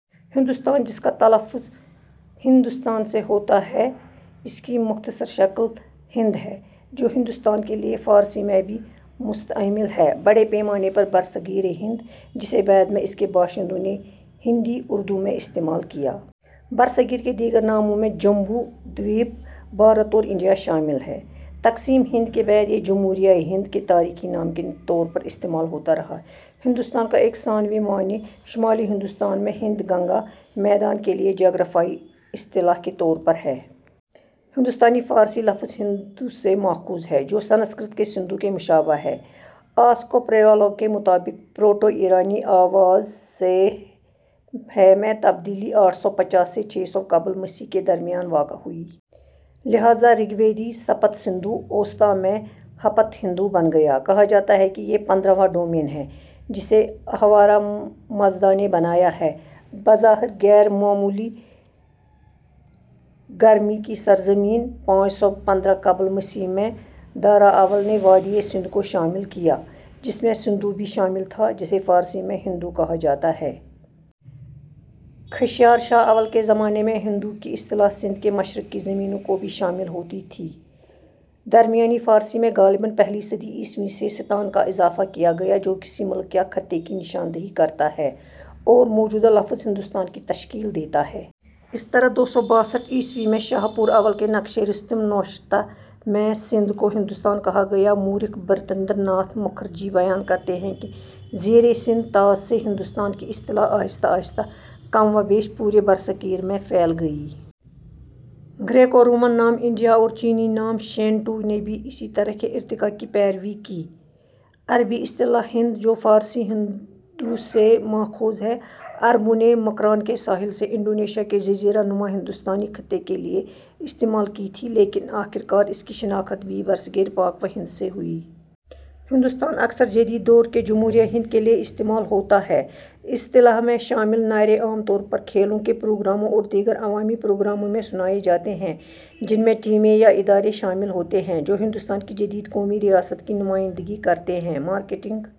ہندوستان، جس کا تلفظ ہِندوستان سے ہوتا ہے، اس کی مختصر شکل ہند ہے، جو ہندوستان کے لیے فارسی میں بھی مستعمل ہے، بڑے پیمانے پر برصغیرِ ہند؛ جسے بعد میں اس کے باشندوں نے ہندی–اردو میں استعمال کیا۔ برصغیر کے دیگر ناموں میں جمبو دویپ، بھارت اور انڈیا شامل ہیں۔ تقسیمِ ہند کے بعد؛ یہ جمہوریۂ ہند کے تاریخی نام کے طور پر استعمال ہوتا رہا۔ ہندوستان کا ایک ثانوی معنی شمالی ہندوستان میں ہند گنگا میدان کے لیے جغرافیائی اصطلاح کے طور پر ہے۔ ہندستان فارسی لفظ ہندو سے ماخوذ ہے، جو سنسکرت کے سندھو کے مشابہ ہے۔ آسکو پرپولا کے مطابق پروٹو ایرانی آواز س سے ہ میں تبدیلی آٹھ سو پچاس سے چھ سو قبل مسیح کے درمیان واقع ہوئی۔ لہٰذا، رگ ویدی سپت سندھو اوستا میں ہپت ہندو بن گیا۔ کہا جاتا ہے کہ یہ "پندرھواں ڈومین" ہے، جسے اہورا مزدا نے بنایا ہے، بظاہر "غیر معمولی گرمی" کی سرزمین۔ پانچ سو پندرہ قبل مسیح میں دارا اول نے وادیٔ سندھ کو شامل کیا، جس میں سندھو بھی شامل تھا، جسے فارسی میں ہندو کہا جاتا ہے۔ خشیارشا اول کے زمانے میں "ہندو" کی اصطلاح سندھ کے مشرق کی زمینوں کو بھی شامل ہوتی تھی۔ درمیانی فارسی میں غالباً پہلی صدی عیسوی سے ستان کا اضافہ کیا گیا، جو کسی ملک یا خطے کی نشان دہی کرتا ہے، اور موجودہ لفظ ہندوستان کی تشکیل دیتا ہے۔ اسی طرح دو سو باسٹھ عیسوی میں شاہپور اول کے نقشِ رستم نوشتہ میں سندھ کو ہندوستان کہا گیا ہے۔ مورخ برتندر ناتھ مکھرجی بیان کرتے ہیں کہ زیریں سندھ طاس سے "ہندوستان" کی اصطلاح آہستہ آہستہ "کم و بیش پورے برصغیر میں پھیل گئی"۔ گریکو رومن نام "انڈیا" اور چینی نام "شین ٹو" نے بھی اسی طرح کے ارتقا کی پیروی کی۔ عربی اصطلاح ہند، جو فارسی ہندو سے ماخوذ ہے، عربوں نے مکران کے ساحل سے انڈونیشیا کے جزیرہ نما تک ہندوستانی خطے کے لیے استعمال کی تھی، لیکن آخرکار اس کی شناخت بھی برصغیرِ پاک و ہند سے ہوئی۔ "ہندوستان" اکثر جدید دور کے جمہوریۂ ہند کے لیے استعمال ہوتا ہے۔ اصطلاح میں شامل نعرے عام طور پر کھیلوں کے پروگراموں اور دیگر عوامی پروگراموں میں سنائے جاتے ہیں، جن میں ٹیمیں یا ادارے شامل ہوتے ہیں، جو ہندوستان کی جدید قومی ریاست کی نمائندگی کرتے ہیں۔ مارکیٹنگ...